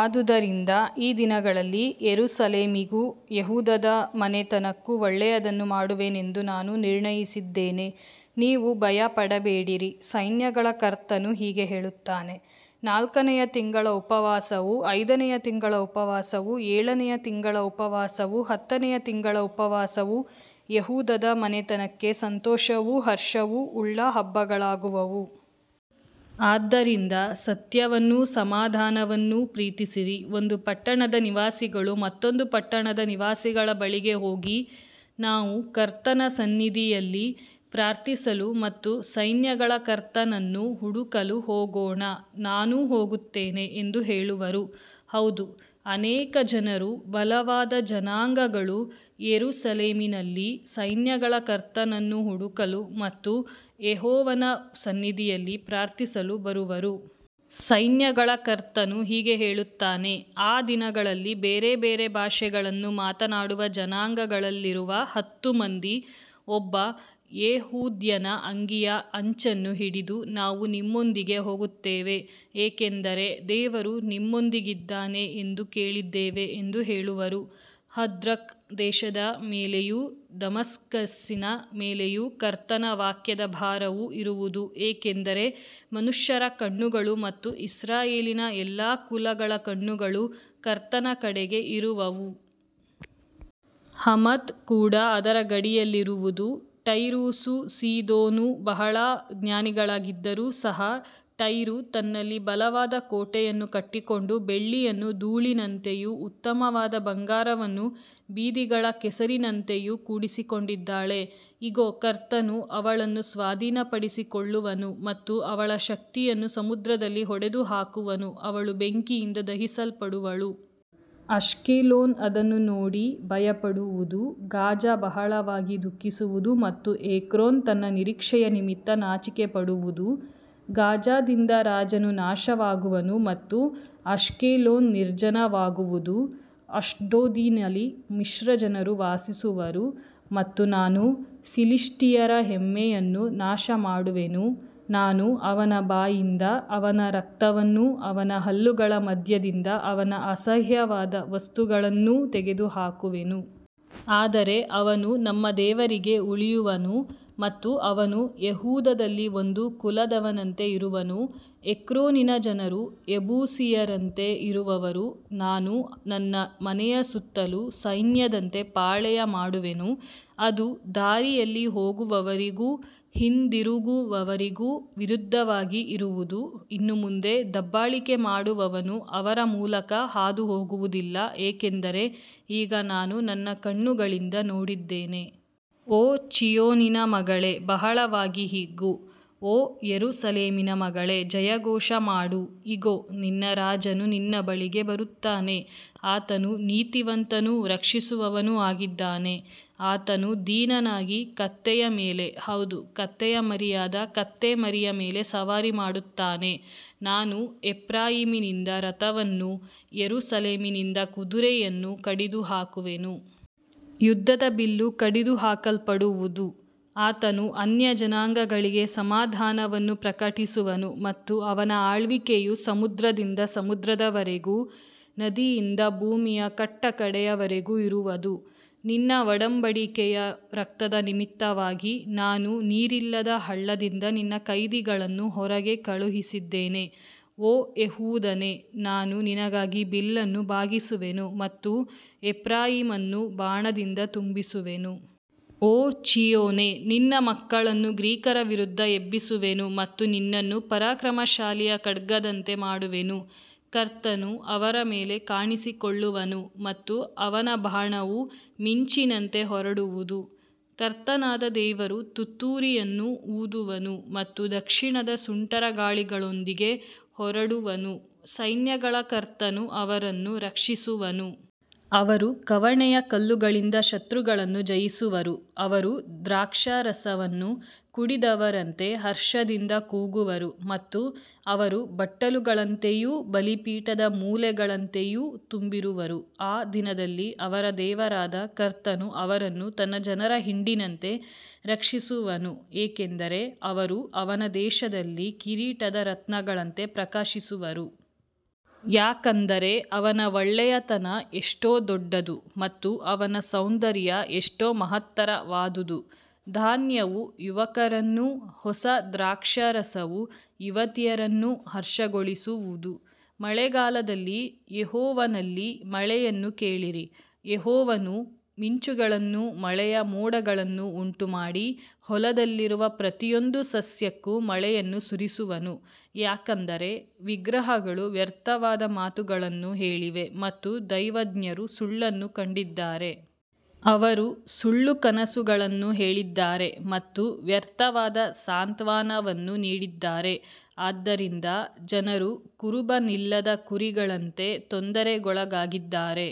ಆದುದರಿಂದ ಈ ದಿನಗಳಲ್ಲಿ ಯೆರೂಸಲೇಮಿಗೂ ಯೆಹೂದದ ಮನೆತನಕ್ಕೂ ಒಳ್ಳೆಯದನ್ನು ಮಾಡುವೆನೆಂದು ನಾನು ನಿರ್ಣಯಿಸಿದ್ದೇನೆ. ನೀವು ಭಯಪಡಬೇಡಿರಿ. ಸೈನ್ಯಗಳ ಕರ್ತನು ಹೀಗೆ ಹೇಳುತ್ತಾನೆ, ನಾಲ್ಕನೆಯ ತಿಂಗಳ ಉಪವಾಸವೂ, ಐದನೆಯ ತಿಂಗಳ ಉಪವಾಸವೂ, ಏಳನೆಯ ತಿಂಗಳ ಉಪವಾಸವೂ, ಹತ್ತನೆಯ ತಿಂಗಳ ಉಪವಾಸವೂ ಯೆಹೂದದ ಮನೆತನಕ್ಕೆ ಸಂತೋಷವೂ ಹರ್ಷವೂ ಉಳ್ಳ ಹಬ್ಬಗಳಾಗುವವು. ಆದ್ದರಿಂದ ಸತ್ಯವನ್ನೂ ಸಮಾಧಾನವನ್ನೂ ಪ್ರೀತಿಸಿರಿ. ಒಂದು ಪಟ್ಟಣದ ನಿವಾಸಿಗಳು ಮತ್ತೊಂದು ಪಟ್ಟಣದ ನಿವಾಸಿಗಳ ಬಳಿಗೆ ಹೋಗಿ, ನಾವು ಕರ್ತನ ಸನ್ನಿಧಿಯಲ್ಲಿ ಪ್ರಾರ್ಥಿಸಲು ಮತ್ತು ಸೈನ್ಯಗಳ ಕರ್ತನನ್ನು ಹುಡುಕಲು ಹೋಗೋಣ, ನಾನೂ ಹೋಗುತ್ತೇನೆ ಎಂದು ಹೇಳುವರು. ಹೌದು, ಅನೇಕ ಜನರೂ ಬಲವಾದ ಜನಾಂಗಗಳೂ ಯೆರೂಸಲೇಮಿನಲ್ಲಿ ಸೈನ್ಯಗಳ ಕರ್ತನನ್ನು ಹುಡುಕಲು ಮತ್ತು ಯೆಹೋವನ ಸನ್ನಿಧಿಯಲ್ಲಿ ಪ್ರಾರ್ಥಿಸಲು ಬರುವರು. ಸೈನ್ಯಗಳ ಕರ್ತನು ಹೀಗೆ ಹೇಳುತ್ತಾನೆ, ಆ ದಿನಗಳಲ್ಲಿ ಬೇರೆ ಬೇರೆ ಭಾಷೆಗಳನ್ನು ಮಾತನಾಡುವ ಜನಾಂಗಗಳಲ್ಲಿರುವ ಹತ್ತು ಮಂದಿ ಒಬ್ಬ ಯೆಹೂದ್ಯನ ಅಂಗಿಯ ಅಂಚನ್ನು ಹಿಡಿದು, ನಾವು ನಿಮ್ಮೊಂದಿಗೆ ಹೋಗುತ್ತೇವೆ, ಏಕೆಂದರೆ ದೇವರು ನಿಮ್ಮೊಂದಿಗಿದ್ದಾನೆ ಎಂದು ಕೇಳಿದ್ದೇವೆ ಎಂದು ಹೇಳುವರು. ಹದ್ರಕ್ ದೇಶದ ಮೇಲೆಯೂ ದಮಸ್ಕಸ್ಸಿನ ಮೇಲೆಯೂ ಕರ್ತನ ವಾಕ್ಯದ ಭಾರವು ಇರುವುದು, ಏಕೆಂದರೆ ಮನುಷ್ಯರ ಕಣ್ಣುಗಳು ಮತ್ತು ಇಸ್ರಾಯೇಲಿನ ಎಲ್ಲಾ ಕುಲಗಳ ಕಣ್ಣುಗಳು ಕರ್ತನ ಕಡೆಗೆ ಇರುವವು. ಹಮಾತ್ ಕೂಡ ಅದರ ಗಡಿಯಲ್ಲಿರುವುದು. ಟೈರೂಸೂ ಸೀದೋನೂ ಬಹಳ ಜ್ಞಾನಿಗಳಾಗಿದ್ದರೂ ಸಹ, ಟೈರೂ ತನ್ನಲ್ಲಿ ಬಲವಾದ ಕೋಟೆಯನ್ನು ಕಟ್ಟಿಕೊಂಡು ಬೆಳ್ಳಿಯನ್ನು ಧೂಳಿನಂತೆಯೂ ಉತ್ತಮವಾದ ಬಂಗಾರವನ್ನು ಬೀದಿಗಳ ಕೆಸರಿನಂತೆಯೂ ಕೂಡಿಸಿಕೊಂಡಿದ್ದಾಳೆ. ಇಗೋ, ಕರ್ತನು ಅವಳನ್ನು ಸ್ವಾಧೀನಪಡಿಸಿಕೊಳ್ಳುವನು ಮತ್ತು ಅವಳ ಶಕ್ತಿಯನ್ನು ಸಮುದ್ರದಲ್ಲಿ ಹೊಡೆದುಹಾಕುವನು, ಅವಳು ಬೆಂಕಿಯಿಂದ ದಹಿಸಲ್ಪಡುವಳು. ಅಷ್ಕೆಲೋನ್ ಅದನ್ನು ನೋಡಿ ಭಯಪಡುವುದು, ಗಾಜಾ ಬಹಳವಾಗಿ ದುಃಖಿಸುವುದು ಮತ್ತು ಎಕ್ರೋನ್ ತನ್ನ ನಿರೀಕ್ಷೆಯ ನಿಮಿತ್ತ ನಾಚಿಕೆಪಡುವುದು. ಗಾಜಾದಿಂದ ರಾಜನು ನಾಶವಾಗುವನು ಮತ್ತು ಅಷ್ಕೆಲೋನ್ ನಿರ್ಜನವಾಗುವುದು. ಅಷ್ಡೋದಿನಲ್ಲಿ ಮಿಶ್ರಜನರು ವಾಸಿಸುವರು ಮತ್ತು ನಾನು ಫಿಲಿಷ್ಟಿಯರ ಹೆಮ್ಮೆಯನ್ನು ನಾಶಮಾಡುವೆನು. ನಾನು ಅವನ ಬಾಯಿಂದ ಅವನ ರಕ್ತವನ್ನೂ ಅವನ ಹಲ್ಲುಗಳ ಮಧ್ಯದಿಂದ ಅವನ ಅಸಹ್ಯವಾದ ವಸ್ತುಗಳನ್ನೂ ತೆಗೆದುಹಾಕುವೆನು. ಆದರೆ ಅವನು ನಮ್ಮ ದೇವರಿಗೆ ಉಳಿಯುವನು ಮತ್ತು ಅವನು ಯೆಹೂದದಲ್ಲಿ ಒಂದು ಕುಲದವನಂತೆ ಇರುವನು. ಎಕ್ರೋನಿನ ಜನರು ಯೆಬೂಸಿಯರಂತೆ ಇರುವವರು. ನಾನು ನನ್ನ ಮನೆಯ ಸುತ್ತಲೂ ಸೈನ್ಯದಂತೆ ಪಾಳೆಯ ಮಾಡುವೆನು, ಅದು ದಾರಿಯಲ್ಲಿ ಹೋಗುವವರಿಗೂ ಹಿಂದಿರುಗುವವರಿಗೂ ವಿರುದ್ಧವಾಗಿ ಇರುವುದು. ಇನ್ನು ಮುಂದೆ ದಬ್ಬಾಳಿಕೆ ಮಾಡುವವನು ಅವರ ಮೂಲಕ ಹಾದುಹೋಗುವುದಿಲ್ಲ, ಏಕೆಂದರೆ ಈಗ ನಾನು ನನ್ನ ಕಣ್ಣುಗಳಿಂದ ನೋಡಿದ್ದೇನೆ. ಓ ಚೀಯೋನಿನ ಮಗಳೇ, ಬಹಳವಾಗಿ ಹಿಗ್ಗು. ಓ ಯೆರೂಸಲೇಮಿನ ಮಗಳೇ, ಜಯಘೋಷ ಮಾಡು. ಇಗೋ, ನಿನ್ನ ರಾಜನು ನಿನ್ನ ಬಳಿಗೆ ಬರುತ್ತಾನೆ. ಆತನು ನೀತಿವಂತನೂ ರಕ್ಷಿಸುವವನೂ ಆಗಿದ್ದಾನೆ. ಆತನು ದೀನನಾಗಿ ಕತ್ತೆಯ ಮೇಲೆ, ಹೌದು, ಕತ್ತೆಯ ಮರಿಯಾದ ಕತ್ತೆಮರಿಯ ಮೇಲೆ ಸವಾರಿ ಮಾಡುತ್ತಾನೆ. ನಾನು ಎಫ್ರಾಯೀಮಿನಿಂದ ರಥವನ್ನೂ ಯೆರೂಸಲೇಮಿನಿಂದ ಕುದುರೆಯನ್ನೂ ಕಡಿದುಹಾಕುವೆನು. ಯುದ್ಧದ ಬಿಲ್ಲು ಕಡಿದುಹಾಕಲ್ಪಡುವುದು. ಆತನು ಅನ್ಯಜನಾಂಗಗಳಿಗೆ ಸಮಾಧಾನವನ್ನು ಪ್ರಕಟಿಸುವನು ಮತ್ತು ಅವನ ಆಳ್ವಿಕೆಯು ಸಮುದ್ರದಿಂದ ಸಮುದ್ರದವರೆಗೂ, ನದಿಯಿಂದ ಭೂಮಿಯ ಕಟ್ಟಕಡೆಯವರೆಗೂ ಇರುವದು. ನಿನ್ನ ಒಡಂಬಡಿಕೆಯ ರಕ್ತದ ನಿಮಿತ್ತವಾಗಿ ನಾನು ನೀರಿಲ್ಲದ ಹಳ್ಳದಿಂದ ನಿನ್ನ ಕೈದಿಗಳನ್ನು ಹೊರಗೆ ಕಳುಹಿಸಿದ್ದೇನೆ. ಓ ಯೆಹೂದನೇ, ನಾನು ನಿನಗಾಗಿ ಬಿಲ್ಲನ್ನು ಬಾಗಿಸುವೆನು ಮತ್ತು ಎಫ್ರಾಯೀಮನ್ನು ಬಾಣದಿಂದ ತುಂಬಿಸುವೆನು. ಓ ಚೀಯೋನೇ, ನಿನ್ನ ಮಕ್ಕಳನ್ನು ಗ್ರೀಕರ ವಿರುದ್ಧ ಎಬ್ಬಿಸುವೆನು ಮತ್ತು ನಿನ್ನನ್ನು ಪರಾಕ್ರಮಶಾಲಿಯ ಖಡ್ಗದಂತೆ ಮಾಡುವೆನು. ಕರ್ತನು ಅವರ ಮೇಲೆ ಕಾಣಿಸಿಕೊಳ್ಳುವನು ಮತ್ತು ಅವನ ಬಾಣವು ಮಿಂಚಿನಂತೆ ಹೊರಡುವುದು. ಕರ್ತನಾದ ದೇವರು ತುತ್ತೂರಿಯನ್ನು ಊದುವನು ಮತ್ತು ದಕ್ಷಿಣದ ಸುಂಟರಗಾಳಿಗಳೊಂದಿಗೆ ಹೊರಡುವನು. ಸೈನ್ಯಗಳ ಕರ್ತನು ಅವರನ್ನು ರಕ್ಷಿಸುವನು. ಅವರು ಕವಣೆಯ ಕಲ್ಲುಗಳಿಂದ ಶತ್ರುಗಳನ್ನು ಜಯಿಸುವರು. ಅವರು ದ್ರಾಕ್ಷಾರಸವನ್ನು ಕುಡಿದವರಂತೆ ಹರ್ಷದಿಂದ ಕೂಗುವರು ಮತ್ತು ಅವರು ಬಟ್ಟಲುಗಳಂತೆಯೂ ಬಲಿಪೀಠದ ಮೂಲೆಗಳಂತೆಯೂ ತುಂಬಿರುವರು. ಆ ದಿನದಲ್ಲಿ ಅವರ ದೇವರಾದ ಕರ್ತನು ಅವರನ್ನು ತನ್ನ ಜನರ ಹಿಂಡಿನಂತೆ ರಕ್ಷಿಸುವನು, ಏಕೆಂದರೆ ಅವರು ಅವನ ದೇಶದಲ್ಲಿ ಕಿರೀಟದ ರತ್ನಗಳಂತೆ ಪ್ರಕಾಶಿಸುವರು. ಯಾಕಂದರೆ ಅವನ ಒಳ್ಳೆಯತನ ಎಷ್ಟೋ ದೊಡ್ಡದು ಮತ್ತು ಅವನ ಸೌಂದರ್ಯ ಎಷ್ಟೋ ಮಹತ್ತರವಾದುದು. ಧಾನ್ಯವು ಯುವಕರನ್ನೂ ಹೊಸ ದ್ರಾಕ್ಷಾರಸವು ಯುವತಿಯರನ್ನೂ ಹರ್ಷಗೊಳಿಸುವುದು. ಮಳೆಗಾಲದಲ್ಲಿ ಯೆಹೋವನಲ್ಲಿ ಮಳೆಯನ್ನು ಕೇಳಿರಿ. ಯೆಹೋವನು ಮಿಂಚುಗಳನ್ನೂ ಮಳೆಯ ಮೋಡಗಳನ್ನೂ ಉಂಟುಮಾಡಿ ಹೊಲದಲ್ಲಿರುವ ಪ್ರತಿಯೊಂದು ಸಸ್ಯಕ್ಕೂ ಮಳೆಯನ್ನು ಸುರಿಸುವನು. ಯಾಕಂದರೆ ವಿಗ್ರಹಗಳು ವ್ಯರ್ಥವಾದ ಮಾತುಗಳನ್ನು ಹೇಳಿವೆ ಮತ್ತು ದೈವಜ್ಞರು ಸುಳ್ಳನ್ನು ಕಂಡಿದ್ದಾರೆ. ಅವರು ಸುಳ್ಳು ಕನಸುಗಳನ್ನು ಹೇಳಿದ್ದಾರೆ ಮತ್ತು ವ್ಯರ್ಥವಾದ ಸಾಂತ್ವನವನ್ನು ನೀಡಿದ್ದಾರೆ. ಆದ್ದರಿಂದ ಜನರು ಕುರುಬನಿಲ್ಲದ ಕುರಿಗಳಂತೆ ತೊಂದರೆಗೊಳಗಾಗಿದ್ದಾರೆ.